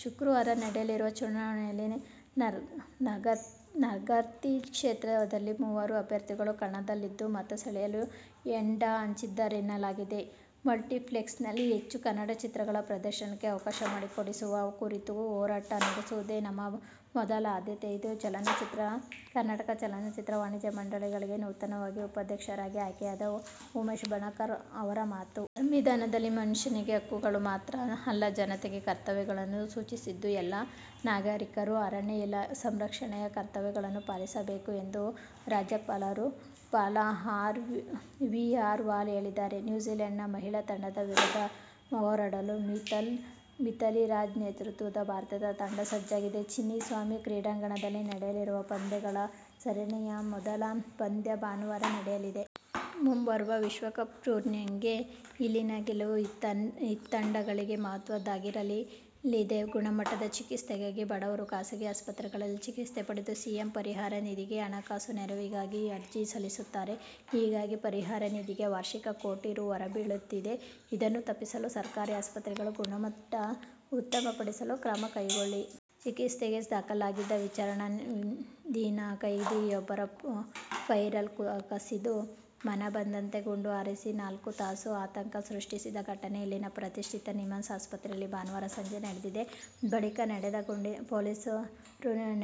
ಶುಕ್ರವಾರ ನಡೆಯಲಿರುವ ಚುನಾವಣೆಯಲ್ಲಿ ನಗರ್ತಿ ಕ್ಷೇತ್ರದಲ್ಲಿ ಮೂವರು ಅಭ್ಯರ್ಥಿಗಳು ಕಣದಲ್ಲಿದ್ದು, ಮತ ಸೆಳೆಯಲು ಹೆಂಡ ಹಂಚಿದ್ದರೆನ್ನಲಾಗಿದೆ. "ಮಲ್ಟಿಪ್ಲೆಕ್ಸ್ನಲ್ಲಿ ಹೆಚ್ಚು ಕನ್ನಡ ಚಿತ್ರಗಳ ಪ್ರದರ್ಶನಕ್ಕೆ ಅವಕಾಶ ಮಾಡಿಕೊಡಿಸುವ ಕುರಿತು ಹೋರಾಟ ನಡೆಸುವುದೇ ನಮ್ಮ ಮೊದಲ ಆದ್ಯತೆ' ಇದು ಕರ್ನಾಟಕ ಚಲನಚಿತ್ರ ವಾಣಿಜ್ಯ ಮಂಡಳಿಗೆ ನೂತನವಾಗಿ ಉಪಾಧ್ಯಕ್ಷರಾಗಿ ಆಯ್ಕೆಯಾದ ಉಮೇಶ್ ಬಣಕಾರ್ ಅವರ ಮಾತು. ಸಂವಿಧಾನದಲ್ಲಿ ಮನುಷ್ಯನಿಗೆ ಹಕ್ಕುಗಳು ಮಾತ್ರ ಅಲ್ಲ. ಜತೆಗೆ ಕರ್ತವ್ಯಗಳನ್ನೂ ಸೂಚಿಸಿದ್ದು ಎಲ್ಲಾ ನಾಗರೀಕರು ಅರಣ್ಯ ಸಂರಕ್ಷಣೆಯ ಕರ್ತವ್ಯವನ್ನು ಪಾಲಿಸಬೇಕು ಎಂದು ರಾಜ್ಯಪಾಲ ವಿ. ಆರ್. ವಾಲಾ ಹೇಳಿದ್ದಾರೆ. ನ್ಯೂಜಿಲೆಂಡ್ ಮಹಿಳಾ ತಂಡದ ವಿರುದ್ಧ ಹೋರಾಡಲು ಮಿಥಾಲಿ ರಾಜ್ ನೇತೃತ್ವದ ಭಾರತ ತಂಡ ಸಜ್ಜಾಗಿದೆ. ಚಿನ್ನಸ್ವಾಮಿ ಕ್ರೀಡಾಂಗಣದಲ್ಲಿ ನಡೆಯಲಿರುವ ಪಂದ್ಯಗಳ ಸರಣಿಯ ಮೊದಲ ಪಂದ್ಯ ಭಾನುವಾರ ನಡೆಯಲಿದೆ. ಮುಂಬರುವ ವಿಶ್ವಕಪ್ ಟೂರ್ನಿಗೆ ಇಲ್ಲಿನ ಗೆಲುವು ಇತ್ತಂಡಗಳಿಗೂ ಮಹತ್ವದ್ದಾಗಿರಲಿದೆ. ಗುಣಮಟ್ಟದ ಚಿಕಿತ್ಸೆಗಾಗಿ ಬಡವರು ಖಾಸಗಿ ಆಸ್ಪತ್ರೆಯಲ್ಲಿ ಚಿಕಿತ್ಸೆ ಪಡೆದು ಸಿಎಂ ಪರಿಹಾರ ನಿಧಿಗೆ ಹಣಕಾಸು ನೆರವಿಗಾಗಿ ಅರ್ಜಿ ಸಲ್ಲಿಸುತ್ತಾರೆ. ಹೀಗಾಗಿ ಪರಿಹಾರ ನಿಧಿಗೆ ವಾರ್ಷಿಕ ಕೋಟಿ ರೂ. ಹೊರೆ ಬೀಳುತ್ತಿದೆ. ಇದನ್ನು ತಪ್ಪಿಸಲು ಸರ್ಕಾರಿ ಆಸ್ಪತ್ರೆಗಳ ಗುಣಮಟ್ಟ ಉತ್ತಮಪಡಿಸಲು ಕ್ರಮ ಕೈಗೊಳ್ಳಿ. ಚಿಕಿತ್ಸೆಗೆ ದಾಖಲಾಗಿದ್ದ ವಿಚಾರಣಾಧೀನ ಕೈದಿಯೊಬ್ಬ ಪೊಲೀಸರ ರೈಫಲ್ ಕಸಿದು ಮನಬಂದಂತೆ ಗುಂಡು ಹಾರಿಸಿ ನಾಲ್ಕು ತಾಸು ಆತಂಕ ಸೃಷ್ಟಿಸಿದ ಘಟನೆ ಇಲ್ಲಿನ ಪ್ರತಿಷ್ಠಿತ ನಿಮ್ಹಾನ್ಸ್ ಆಸ್ಪತ್ರೆಯಲ್ಲಿ ಭಾನುವಾರ ಸಂಜೆ ನಡೆದಿದೆ. ಬಳಿಕ ಪೊಲೀಸರು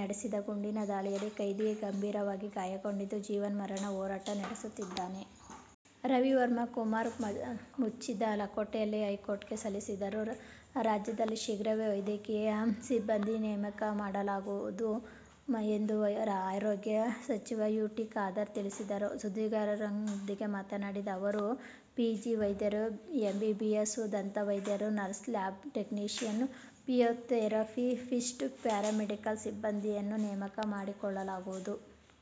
ನಡೆಸಿದ ಗುಂಡಿನ ದಾಳಿಯಲ್ಲಿ ಕೈದಿ ಗಂಭೀರವಾಗಿ ಗಾಯಗೊಂಡಿದ್ದು, ಜೀವನ್ಮರಣ ಹೋರಾಟ ನಡೆಸುತ್ತಿದ್ದಾನೆ. ರವಿವರ್ಮಾ ಕುಮಾರ್ ಮುಚ್ಚಿದ ಲಕೋಟೆಯಲ್ಲಿ ಹೈಕೋರ್ಟ್ ಗೆ ಸಲ್ಲಿಸಿದರು. ರಾಜ್ಯದಲ್ಲಿ ಶೀಘ್ರವೇ ವೈದ್ಯಕೀಯ ಸಿಬ್ಬಂದಿ ನೇಮಕ ಮಾಡಲಾಗುವುದು ಎಂದು ಆರೋಗ್ಯ ಸಚಿವ ಯು. ಟಿ. ಖಾದರ್ ತಿಳಿಸಿದರು. ಸುದ್ದಿಗಾರರೊಂದಿಗೆ ಮಾತನಾಡಿದ ಅವರು, ಪಿಜಿ ವೈದ್ಯರು, ಎಂಬಿಬಿಎಸ್, ದಂತವೈದ್ಯರು, nurse, lab technician, physiotherapist, paramedical ಸಿಬ್ಬಂದಿಯನ್ನು ನೇಮಕ ಮಾಡಿಕೊಳ್ಳಲಾಗುವುದು.